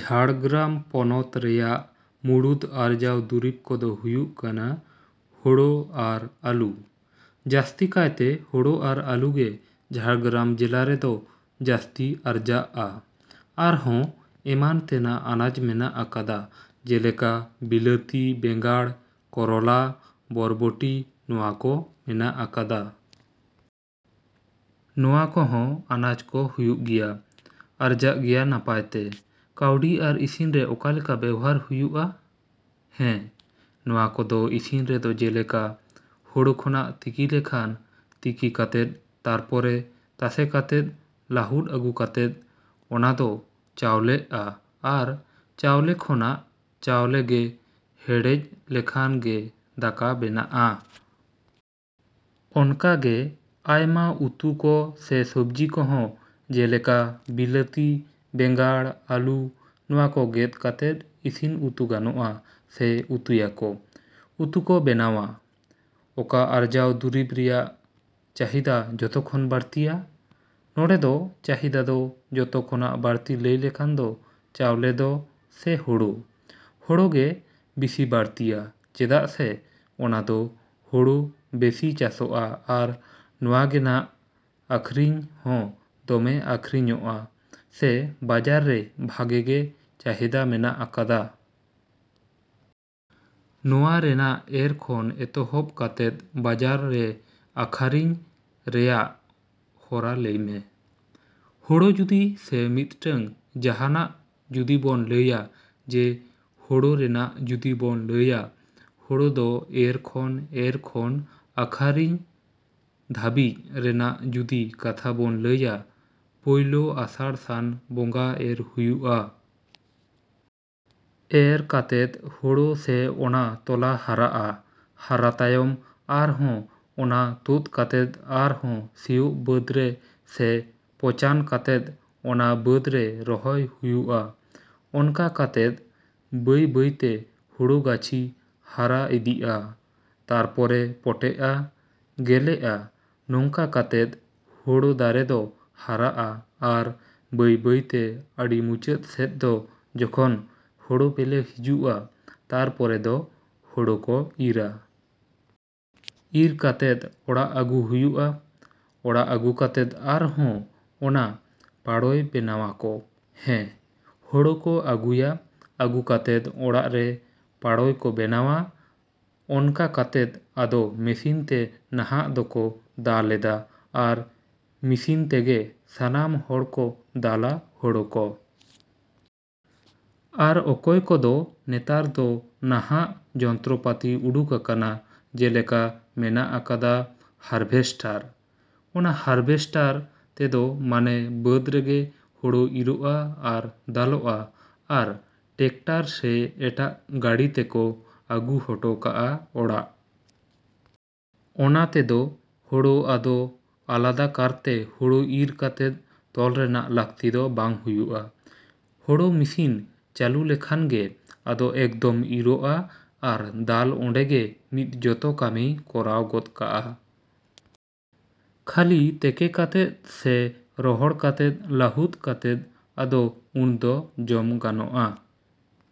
ᱡᱷᱟᱲᱜᱨᱟᱢ ᱯᱚᱱᱚᱛ ᱨᱮᱭᱟᱜ ᱢᱩᱲᱩᱫ ᱟᱨᱡᱟᱣ ᱫᱩᱨᱤᱵᱽ ᱠᱚᱫᱚ ᱦᱩᱭᱩᱜ ᱠᱟᱱᱟ ᱦᱳᱲᱳ ᱟᱨ ᱟᱞᱩ᱾ ᱡᱟᱹᱥᱛᱤ ᱠᱟᱭᱛᱮ ᱦᱳᱲᱳ ᱟᱨ ᱟᱞᱩ ᱜᱮ ᱡᱷᱟᱲᱜᱨᱟᱢ ᱡᱮᱞᱟ ᱨᱮᱫᱚ ᱡᱟᱹᱥᱛᱤ ᱟᱨᱡᱟᱜᱼᱟ᱾ ᱟᱨᱦᱚᱸ ᱮᱢᱟᱱ ᱛᱮᱱᱟᱜ ᱟᱱᱟᱡ ᱢᱮᱱᱟᱜ ᱟᱠᱟᱫᱟ ᱡᱮᱞᱮᱠᱟ ᱵᱤᱞᱟᱹᱛᱤ, ᱵᱮᱸᱜᱟᱲ, ᱠᱚᱨᱚᱞᱟ, ᱵᱚᱨᱵᱚᱴᱤ ᱱᱚᱣᱟ ᱠᱚ ᱢᱮᱱᱟᱜ ᱟᱠᱟᱫᱟ᱾ ᱱᱚᱣᱟ ᱠᱚᱦᱚᱸ ᱟᱱᱟᱡ ᱠᱚ ᱦᱩᱭᱩᱜ ᱜᱮᱭᱟ, ᱟᱨᱡᱟᱜ ᱜᱮᱭᱟ ᱱᱟᱯᱟᱭ ᱛᱮ᱾ ᱠᱟᱹᱣᱰᱤ ᱟᱨ ᱤᱥᱤᱱ ᱨᱮ ᱚᱠᱟ ᱞᱮᱠᱟ ᱵᱮᱣᱦᱟᱨ ᱦᱩᱭᱩᱜᱼᱟ? ᱦᱮᱸ, ᱱᱚᱣᱟ ᱠᱚᱫᱚ ᱤᱥᱤᱱ ᱨᱮᱫᱚ ᱡᱮᱞᱮᱠᱟ ᱦᱳᱲᱳ ᱠᱷᱚᱱᱟᱜ ᱛᱤᱠᱤ ᱞᱮᱠᱷᱟᱱ, ᱛᱤᱠᱤ ᱠᱟᱛᱮᱫ ᱛᱟᱨᱯᱚᱨᱮ ᱛᱟᱥᱮ ᱠᱟᱛᱮᱫ ᱞᱟᱹᱦᱩᱫ ᱟᱹᱜᱩ ᱠᱟᱛᱮᱫ ᱚᱱᱟ ᱫᱚ ᱪᱟᱣᱞᱮᱜᱼᱟ ᱟᱨ ᱪᱟᱣᱞᱮ ᱠᱷᱚᱱᱟᱜ ᱪᱟᱣᱞᱮ ᱜᱮ ᱦᱮᱰᱮᱡ ᱞᱮᱠᱷᱟᱱ ᱜᱮ ᱫᱟᱠᱟ ᱵᱮᱱᱟᱜᱼᱟ᱾ ᱚᱱᱠᱟᱜᱮ ᱟᱭᱢᱟ ᱩᱛᱩ ᱠᱚ ᱥᱮ ᱥᱚᱵᱡᱤ ᱠᱚᱦᱚᱸ ᱡᱮᱞᱮᱠᱟ ᱵᱤᱞᱟᱹᱛᱤ, ᱵᱮᱸᱜᱟᱲ, ᱟᱹᱞᱩ ᱱᱚᱣᱟ ᱠᱚ ᱜᱮᱫ ᱠᱟᱛᱮᱫ ᱤᱥᱤᱱ ᱩᱛᱩ ᱜᱟᱱᱚᱜᱼᱟ ᱥᱮ ᱩᱛᱩᱭᱟᱠᱚ, ᱩᱛᱩ ᱠᱚ ᱵᱮᱱᱟᱣᱟ᱾ ᱚᱠᱟ ᱟᱨᱡᱟᱣ ᱫᱩᱨᱤᱵᱽ ᱨᱮᱭᱟᱜ ᱪᱟᱦᱤᱫᱟ ᱡᱚᱛᱚ ᱠᱷᱚᱱ ᱵᱟᱹᱲᱛᱤᱭᱟ? ᱱᱚᱸᱰᱮ ᱫᱚ ᱪᱟᱦᱤᱫᱟ ᱫᱚ ᱡᱚᱛᱚ ᱠᱷᱚᱱᱟᱜ ᱵᱟᱹᱲᱛᱤ ᱞᱟᱹᱭ ᱞᱮᱠᱷᱟᱱ ᱫᱚ ᱪᱟᱣᱞᱮ ᱫᱚ ᱥᱮ ᱦᱳᱲᱳ, ᱦᱳᱲᱳ ᱜᱮ ᱵᱤᱥᱤ ᱵᱟᱹᱲᱛᱤᱭᱟ ᱪᱮᱫᱟᱜ ᱥᱮ ᱚᱱᱟᱫᱚ ᱦᱳᱲᱳ ᱵᱮᱥᱤ ᱪᱟᱥᱚᱜᱼᱟ ᱟᱨ ᱱᱚᱣᱟᱜᱮ ᱱᱟᱜ ᱟᱹᱠᱷᱟᱨᱤᱧ ᱦᱚᱸ ᱫᱚᱢᱮ ᱟᱹᱠᱷᱟᱨᱤᱧ ᱧᱚᱜᱼᱟ ᱥᱮ ᱵᱟᱡᱟᱨ ᱨᱮ ᱵᱷᱟᱜᱮ ᱜᱮ ᱪᱟᱦᱤᱫᱟ ᱢᱮᱱᱟᱜ ᱟᱠᱟᱫᱟ᱾ ᱱᱚᱣᱟ ᱨᱮᱱᱟᱜ ᱮᱨ ᱠᱷᱚᱱ ᱮᱛᱚᱦᱚᱵ ᱠᱟᱛᱮᱫ ᱵᱟᱡᱟᱨ ᱨᱮ ᱟᱹᱠᱷᱟᱨᱤᱧ ᱨᱮᱭᱟᱜ ᱦᱚᱨᱟ ᱞᱟᱹᱭᱢᱮ᱾ ᱦᱳᱲᱳ ᱡᱩᱫᱤ ᱥᱮ ᱢᱤᱫᱴᱟᱝ ᱡᱟᱦᱟᱱᱟᱜ ᱡᱩᱫᱤ ᱵᱚᱱ ᱞᱟᱹᱭᱟ ᱡᱮ ᱦᱳᱲᱳ ᱨᱮᱱᱟᱜ ᱡᱩᱫᱤ ᱵᱚᱱ ᱞᱟᱹᱭᱟ, ᱦᱳᱲᱳ ᱫᱚ ᱮᱨ ᱠᱷᱚᱱ ᱮᱨ ᱠᱷᱚᱱ ᱟᱹᱠᱷᱟᱨᱤᱧ ᱫᱷᱟᱹᱵᱤᱡ ᱨᱮᱱᱟᱜ ᱡᱩᱫᱤ ᱠᱟᱛᱷᱟ ᱵᱚᱱ ᱞᱟᱹᱭᱟ, ᱯᱳᱭᱞᱳ ᱟᱥᱟᱲ ᱥᱟᱱ ᱵᱚᱸᱜᱟ ᱮᱨ ᱦᱩᱭᱩᱜᱼᱟ᱾ ᱮᱨ ᱠᱟᱛᱮᱫ ᱦᱳᱲᱳ ᱥᱮ ᱚᱱᱟ ᱛᱚᱞᱟ ᱦᱟᱨᱟᱜᱼᱟ᱾ ᱦᱟᱨᱟ ᱛᱟᱭᱚᱢ ᱟᱨᱦᱚᱸ ᱚᱱᱟ ᱛᱳᱫ ᱠᱟᱛᱮᱫ ᱟᱨᱦᱚᱸ ᱥᱤᱭᱳᱜ ᱵᱟᱹᱫᱽ ᱨᱮ ᱥᱮ ᱯᱚᱪᱟᱱ ᱠᱟᱛᱮᱫ ᱚᱱᱟ ᱵᱟᱹᱫᱽ ᱨᱮ ᱨᱚᱦᱚᱭ ᱦᱩᱭᱩᱜᱼᱟ᱾ ᱚᱱᱠᱟ ᱠᱟᱛᱮᱫ ᱵᱟᱹᱭᱼᱵᱟᱹᱭᱛᱮ ᱦᱳᱲᱳ ᱜᱟᱹᱪᱷᱤ ᱦᱟᱨᱟ ᱤᱫᱤᱜᱼᱟ᱾ ᱛᱟᱨᱯᱚᱨᱮ ᱯᱚᱴᱮᱜᱼᱟ, ᱜᱮᱞᱮᱜᱼᱟ, ᱱᱚᱝᱠᱟ ᱠᱟᱛᱮᱫ ᱦᱳᱲᱳ ᱫᱟᱨᱮ ᱫᱚ ᱦᱟᱨᱟᱜᱼᱟ ᱟᱨ ᱵᱟᱹᱭᱼᱵᱟᱹᱭᱛᱮ ᱟᱹᱰᱤ ᱢᱩᱪᱟᱹᱫ ᱥᱮᱫ ᱫᱚ ᱡᱚᱠᱷᱚᱱ ᱦᱳᱲᱳ ᱵᱮᱞᱮ ᱦᱤᱡᱩᱜᱼᱟ ᱛᱟᱨᱯᱚᱨᱮ ᱫᱚ ᱦᱳᱲᱳ ᱠᱚ ᱤᱨᱟ᱾ ᱤᱨ ᱠᱟᱛᱮᱫ ᱚᱲᱟᱜ ᱟᱹᱜᱩ ᱦᱩᱭᱩᱜᱼᱟ᱾ ᱚᱲᱟᱜ ᱟᱹᱜᱩ ᱠᱟᱛᱮᱫ ᱟᱨᱦᱚᱸ ᱚᱱᱟ ᱯᱟᱲᱳᱭ ᱵᱮᱱᱟᱣᱟᱠᱚ᱾ ᱦᱮᱸ, ᱦᱳᱲᱳ ᱠᱚ ᱟᱹᱜᱩᱭᱟ, ᱟᱹᱜᱩ ᱠᱟᱛᱮᱫ ᱚᱲᱟᱜ ᱨᱮ ᱯᱟᱲᱳᱭ ᱠᱚ ᱵᱮᱱᱟᱣᱟ᱾ ᱚᱱᱠᱟ ᱠᱟᱛᱮᱫ ᱟᱫᱚ ᱢᱤᱥᱤᱱᱛᱮ ᱱᱟᱦᱟᱜ ᱫᱚᱠᱚ ᱫᱟᱞᱮᱫᱟ ᱟᱨ ᱢᱤᱥᱤᱱ ᱛᱮᱜᱮ ᱥᱟᱱᱟᱢ ᱦᱚᱲᱠᱚ ᱫᱟᱞᱟ ᱦᱳᱲᱳ ᱠᱚ᱾ ᱟᱨ ᱚᱠᱚᱭ ᱠᱚᱫᱚ ᱱᱮᱛᱟᱨ ᱫᱚ ᱱᱟᱦᱟᱜ ᱡᱚᱱᱛᱨᱚᱯᱟᱛᱤ ᱩᱰᱩᱠ ᱟᱠᱟᱱᱟ ᱡᱮᱞᱮᱠᱟ ᱢᱮᱱᱟᱜ ᱟᱠᱟᱫᱟ ᱦᱟᱨᱵᱷᱮᱥᱴᱟᱨ᱾ ᱚᱱᱟ ᱦᱟᱨᱵᱷᱮᱥᱴᱟᱨ ᱛᱮᱫᱚ ᱢᱟᱱᱮ ᱵᱟᱹᱫᱽ ᱨᱮᱜᱮ ᱦᱳᱲᱳ ᱤᱨᱚᱜᱼᱟ ᱟᱨ ᱫᱟᱞᱚᱜᱼᱟ ᱟᱨ ᱴᱮᱠᱴᱟᱨ ᱥᱮ ᱮᱴᱟᱜ ᱜᱟᱹᱲᱤ ᱛᱮᱠᱚ ᱟᱹᱜᱩ ᱦᱚᱴᱚ ᱠᱟᱜᱼᱟ ᱚᱲᱟᱜ᱾ ᱚᱱᱟ ᱛᱮᱫᱚ ᱦᱳᱲᱳ ᱟᱫᱚ ᱟᱞᱟᱫᱟ ᱠᱟᱨᱛᱮ ᱦᱳᱲᱳ ᱤᱨ ᱠᱟᱛᱮᱫ ᱛᱚᱞ ᱨᱮᱱᱟᱜ ᱞᱟᱹᱠᱛᱤ ᱫᱚ ᱵᱟᱝ ᱦᱩᱭᱩᱜᱼᱟ᱾ ᱦᱳᱲᱳ ᱢᱤᱥᱤᱱ ᱪᱟᱹᱞᱩ ᱞᱮᱠᱷᱟᱱ ᱜᱮ ᱟᱫᱚ ᱮᱠᱫᱚᱢ ᱤᱨᱚᱜᱼᱟ ᱟᱨ ᱫᱟᱞ ᱚᱸᱰᱮ ᱜᱮ ᱢᱤᱫ ᱡᱚᱛᱚ ᱠᱟᱹᱢᱤᱭ ᱠᱚᱨᱟᱣ ᱜᱚᱫ ᱠᱟᱜᱼᱟ᱾ ᱠᱷᱟᱹᱞᱤ ᱛᱮᱠᱮ ᱠᱟᱛᱮᱫ ᱥᱮ ᱨᱚᱦᱚᱲ ᱠᱟᱛᱮᱫ ᱞᱟᱹᱦᱩᱫ ᱠᱟᱛᱮᱫ ᱟᱫᱚ ᱩᱱᱫᱚ ᱡᱚᱢ ᱜᱟᱱᱚᱜᱼᱟ᱾